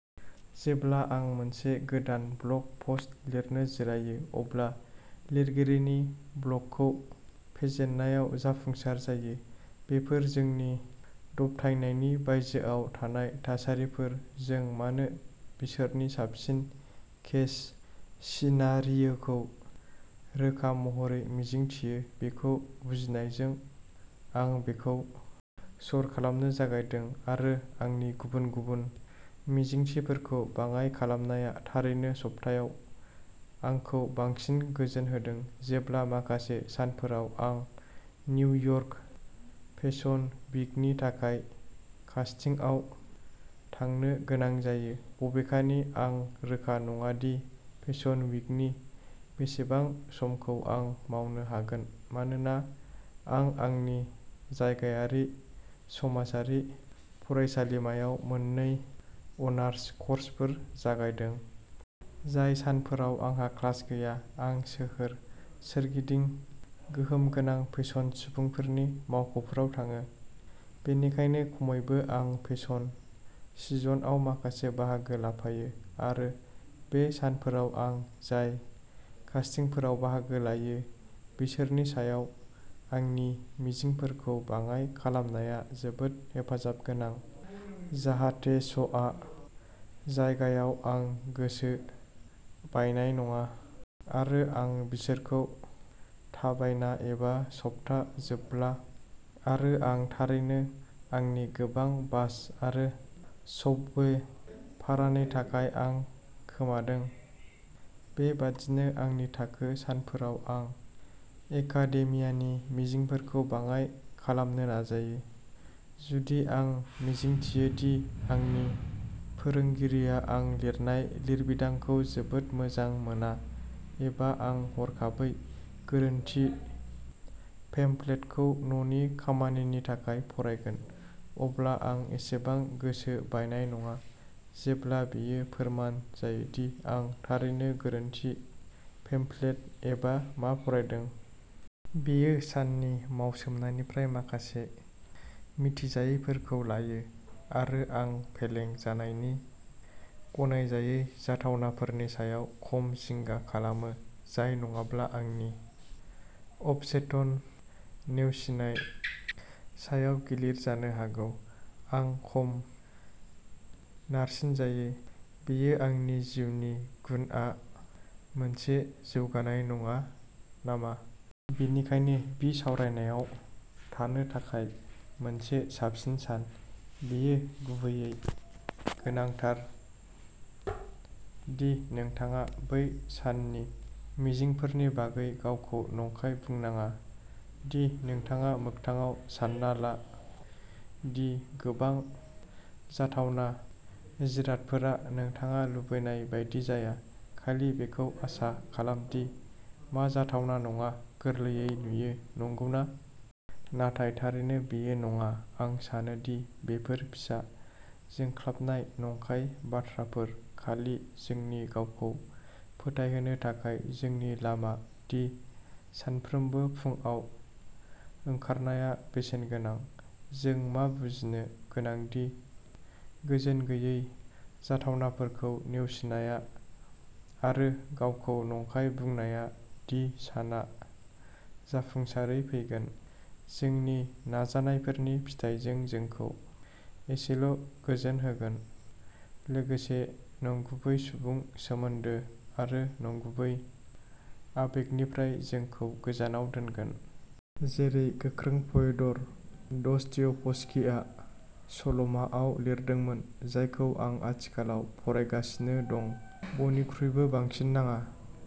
जेब्ला आं मोनसे गोदान ब्लग पस्ट लिरनो जिरायो अब्ला लिरगिरिनि ब्लकखौ फेजेननायाव जाफुंसार जायो। बेफोर जोंनि दबथायनायनि बायजोआव थानाय थासारिफोर जों मानो बिसोरनि साबसिन केस सिनारियोखौ रोखा महरै मिजिंथियो बेखौ बुजिनायजों, आं बेखौ सर खालामनो जागायदों आरो आंनि गुबुन गुबुन मिजिंथिफोरखौ बाङाइ खालामनाया थारैनो सप्तायाव आंखौ बांसिन गोजोन होदों, जेब्ला माखासे सानफोराव आं निउयर्क फेसन वीकनि थाखाय कास्टिंआव थांनो गोनां जायो, बबेखानि आं रोखा नङा दि फेसन वीकनि बेसेबां समखौ आं मावनो हागोन मानोना आं आंनि जायगायारि समाजारि फरायसालिमायाव मोननै अनार्स कर्सफोर जागायदों। जाय सानफोराव आंहा क्लास गैया, आं सोहोर सोरगिदिं गोहोम गोनां फेसन सुबुंफोरनि मावख'फोराव थाङो, बेनिखायनो खमैबो आं फेसन सिजनआव माखासे बाहागो लाफायो आरो बे सानफोराव आं जाय कास्टिंफोराव बाहागो लायो, बिसोरनि सायाव आंनि मिजिंफोरखौ बाङाइ खालामनाया जोबोद हेफाजाब गोनां, जाहाथे श'आ जायगायाव आं गोसो बायनाय नङा। आरो आं बिसोरखौ थाबायना एबा सप्ता जोबब्ला आरो आं थारैनो आंनि गोबां बास आरो सबवे भारानि थाखाय आं खोमादों। बे बादिनो आंनि थाखो सानफोराव आं एकाडेमियानि मिजिंफोरखौ बाङाइ खालामनो नाजायो। जुदि आं मिजिंथियो दि आंनि फोरोंगिरिआ आं लिरनाय लिरबिदांखौ जोबोद मोजां मोना एबा आं हरखाबै गोरोन्थि पेमफ्लेटखौ न'नि खामानिनि थाखाय फरायगोन, अब्ला आं एसेबां गोसो बायनाय नङा जेब्ला बेयो फोरमान जायो दि आं थारैनो गोरोन्थि पेमफ्लेट एबा मा फरायदों। बेयो साननि मावसोमनायनिफ्राय माखासे मिथिजायैफोरखौ लायो, आरो आं फेलें जानायनि गनायजायै जाथावनाफोरनि सायाव खम जिंगा खालामो जाय नङाब्ला आंनि अबचेतन, नेवसिनाय सायाव गिलिर जानो हागौ। आं खम नारसिनजायो। बेयो आंनि जिउनि गुनआ मोनसे जौगानाय नङा नामा? बेनिखायनो बिसावरायनायाव थानो थाखाय मोनसे साबसिन सान, बेयो गुबैयै गोनांथार दि नोंथाङा बै साननि मिजिंफोरनि बागै गावखौ नंखाय बुंनाङा, दि नोंथाङा मोगथाङाव सानना ला दि गोबां जाथावना जिरादफोरा नोंथाङा लुबैनाय बायदि जाया। खालि बेखौ आसा खालाम दि मा जाथावना नङा गोरलैयै नुयो, नंगौना? नाथाय थारैनो बेयो नङा आं सानो दि बेफोर फिसा जोंख्लाबनाय नंखाय बाथ्राफोर खालि जोंनि गावखौ फोथायहोनो थाखाय जोंनि लामा दि सानफ्रोमबो फुंआव ओंखारनाया बेसेनगोनां। जों मा बुजिनो गोनां दि गोजोनगैयै जाथावनाफोरखौ नेवसिनाया आरो गावखौ नंखाय बुंनाया दि साना जाफुंसारै फैगोन, जोंनि नाजानायफोरनि फिथायजों जोंखौ एसेल'गोजोन होगोन, लोगोसे नंगुबै सुबुं सोमोनदो आरो नंगुबै आबेगनिफ्राय जोंखौ गोजानाव दोनगोन। जेरै गोख्रों फ्योदर दस्तयेभस्किआ सल'माआव लिरदोंमोन, जायखौ आं आथिखालाव फरायगासिनो दं बयनिख्रुइबो बांसिन नाङा।